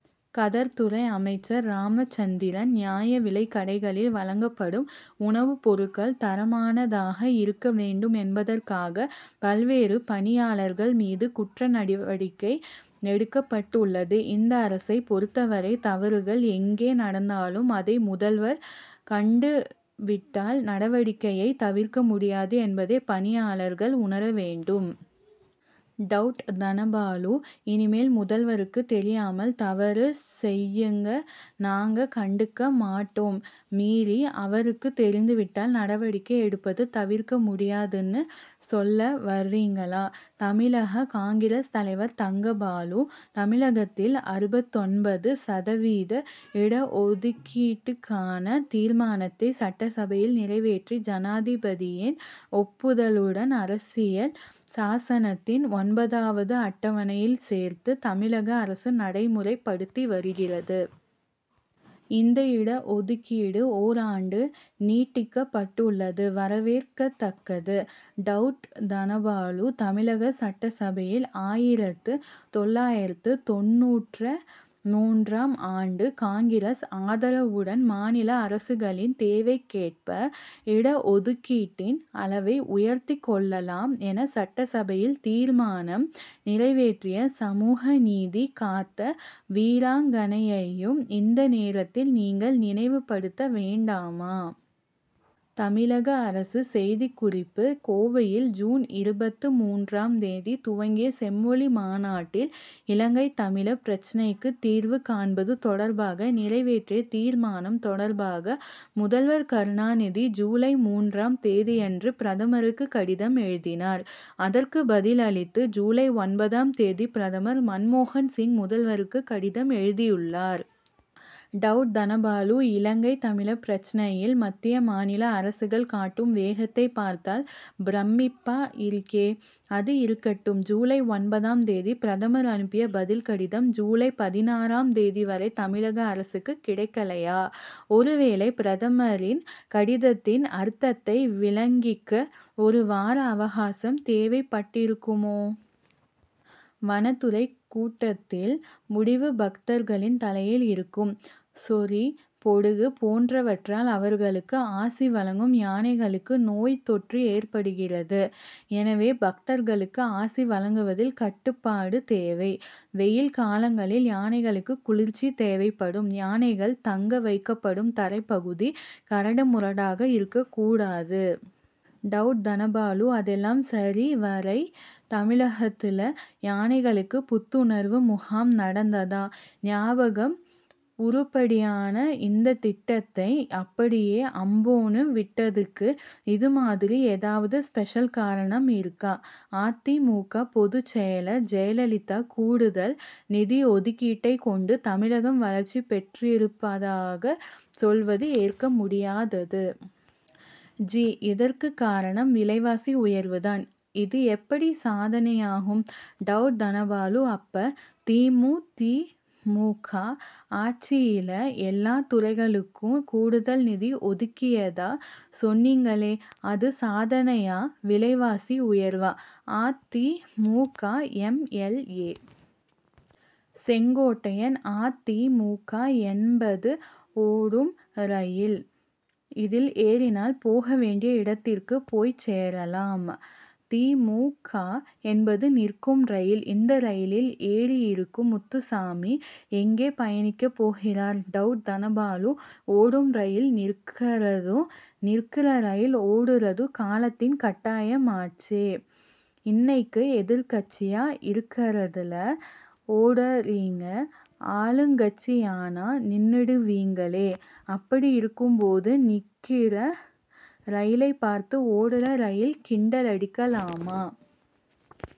கதர் துறை அமைச்சர் ராமச்சந்திரன்: நியாய விலைக் கடைகளில் வழங்கப்படும் உணவுப்பொருட்கள் தரமானதாக இருக்க வேண்டும் என்பதற்காக, பல்வேறு பணியாளர்கள் மீது, குற்ற நடவடிக்கை எடுக்கப்பட்டுள்ளது. இந்த அரசைப் பொறுத்தவரை, தவறுகள் எங்கே நடந்தாலும், அதை முதல்வர் கண்டுவிட்டால், நடவடிக்கையை தவிர்க்க முடியாது என்பதை பணியாளர்கள் உணர வேண்டும். டவுட் தனபாலு: இனிமேல் முதல்வருக்கு தெரியாமல், தவறு செய்யுங்கநாங்க கண்டுக்க மாட்டோம்மீறி, அவருக்கு தெரிந்துவிட்டால், நடவடிக்கை எடுப்பது தவிர்க்க முடியாதுன்னு சொல்ல வர்றீங்களா! தமிழக காங்கிரஸ் தலைவர் தங்கபாலு: தமிழகத்தில் அறுபத்தொன்பது சதவீத இட ஒதுக்கீட்டுக்கான தீர்மானத்தை சட்டசபையில் நிறைவேற்றி, ஜனாதிபதியின் ஒப்புதலுடன், அரசியல் சாசனத்தின் ஒன்பதாவது அட்டவணையில் சேர்த்து, தமிழக அரசு நடைமுறைப்படுத்தி வருகிறது. இந்த இட ஒதுக்கீடு ஓராண்டு நீட்டிக்கப்பட்டுள்ளது வரவேற்கத்தக்கது. டவுட் தனபாலு: தமிழக சட்டசபையில், ஆயிரத்து தொள்ளாயிரத்து தொண்ணூற்ற மூன்றாம் ஆண்டு, காங்கிரஸ் ஆதரவுடன், மாநில அரசுகளின் தேவைக்கேற்ப, இட ஒதுக்கீட்டின் அளவை உயர்த்திக் கொள்ளலாம் என சட்டசபையில் தீர்மானம் நிறைவேற்றிய, சமூக நீதி காத்த வீராங்கனையையும், இந்த நேரத்தில், நீங்க நினைவுபடுத்த வேண்டாமா? தமிழக அரசு செய்திக்குறிப்பு கோவையில் ஜூன் இருபத்து மூன்றாம் தேதி துவங்கிய செம்மொழி மாநாட்டில், இலங்கைத் தமிழர் பிரச்னைக்கு தீர்வு காண்பது தொடர்பாக, நிறைவேற்றிய தீர்மானம் தொடர்பாக, முதல்வர் கருணாநிதி ஜூலை மூன்றாம் தேதியன்று பிரதமருக்கு கடிதம் எழுதினார். அதற்கு பதில் அளித்து, ஜூலை ஒன்பதாம் தேதி பிரதமர் மன்மோகன் சிங், முதல்வருக்கு கடிதம் எழுதியுள்ளார். டவுட் தனபாலு இலங்கைத் தமிழர் பிரச்னையில், மத்திய, மாநில அரசுகள் காட்டும் வேகத்தை பார்த்தால் பிரமிப்பா இருக்கே! அது இருக்கட்டும் ஜூலை ஒன்பதாம் தேதி பிரதமர் அனுப்பிய பதில் கடிதம், ஜூலை பதினாறாம் தேதி வரை தமிழக அரசுக்கு கிடைக்கலையா? ஒரு வேளை பிரதமரின் கடிதத்தின் அர்த்தத்தை விளங்கிக்க, ஒரு வார அவகாசம் தேவைப்பட்டிருக்குமோ? வனத்துறை கூட்டத்தில் முடிவு பக்தர்களின் தலையில் இருக்கும் சொறி, பொடுகு போன்றவற்றால், அவர்களுக்கு ஆசி வழங்கும் யானைகளுக்கு நோய் தொற்று ஏற்படுகிறது. எனவே, பக்தர்களுக்கு ஆசி வழங்குவதில் கட்டுப்பாடு தேவை. வெயில் காலங்களில் யானைகளுக்கு குளிர்ச்சி தேவைப்படும். யானைகள் தங்க வைக்கப்படும் தரைப்பகுதி, கரடு முரடாக இருக்கக் கூடாது. டவுட் தனபாலு அதெல்லாம் சரி வரை தமிழகத்துல யானைகளுக்கு புத்துணர்வு முகாம் நடந்ததா ஞாபகம்உருப்படியான இந்த திட்டத்தை, அப்படியே அம்போன்னு விட்டதுக்கு, இது மாதிரி ஏதாவது ஸ்பெஷல் காரணம் இருக்கா? அ. தி. மு. க., பொதுச்செயலர் ஜெயலலிதா கூடுதல் நிதி ஒதுக்கீட்டைக் கொண்டு, தமிழகம் வளர்ச்சி பெற்றிருப்பதாக சொல்வது ஏற்க முடியாதது. ஜி. இதற்கு காரணம் விலைவாசி உயர்வு தான். இது எப்படி சாதனையாகும். டவுட் தனபாலு அப்ப தி. மு. தி. மு. க., ஆட்சியில எல்லா துறைகளுக்கும் கூடுதல் நிதி ஒதுக்கியதா சொன்னீங்களேஅது சாதனையாவிலைவாசி உயர்வா? அ. தி. மு. க., எம். எல். ஏ., செங்கோட்டையன்: அ. தி. மு. க., என்பது ஓடும் ரயில். இதில் ஏறினால் போக வேண்டிய இடத்திற்குப் போய்ச் சேரலாம். தி. மு. க., என்பது நிற்கும் ரயில். இந்த ரயிலில் ஏறியிருக்கும் முத்துசாமி எங்கே பயணிக்கப் போகிறார்? டவுட் தனபாலு ஓடும் ரயில் நிற்கறதும், நிற்கற ரயில் ஓடறதும் காலத்தின் கட்டாயமாச்சேஇன்னைக்கு எதிர்க்கட்சியா இருக்கறதால ஓடறீங்க ஆளுங்கட்சியானா நின்னுடுவீங்களே அப்படி இருக்கும்போது, நிற்கற ரயிலைப் பார்த்து ஓடற ரயில் கிண்டலடிக்கலாமா?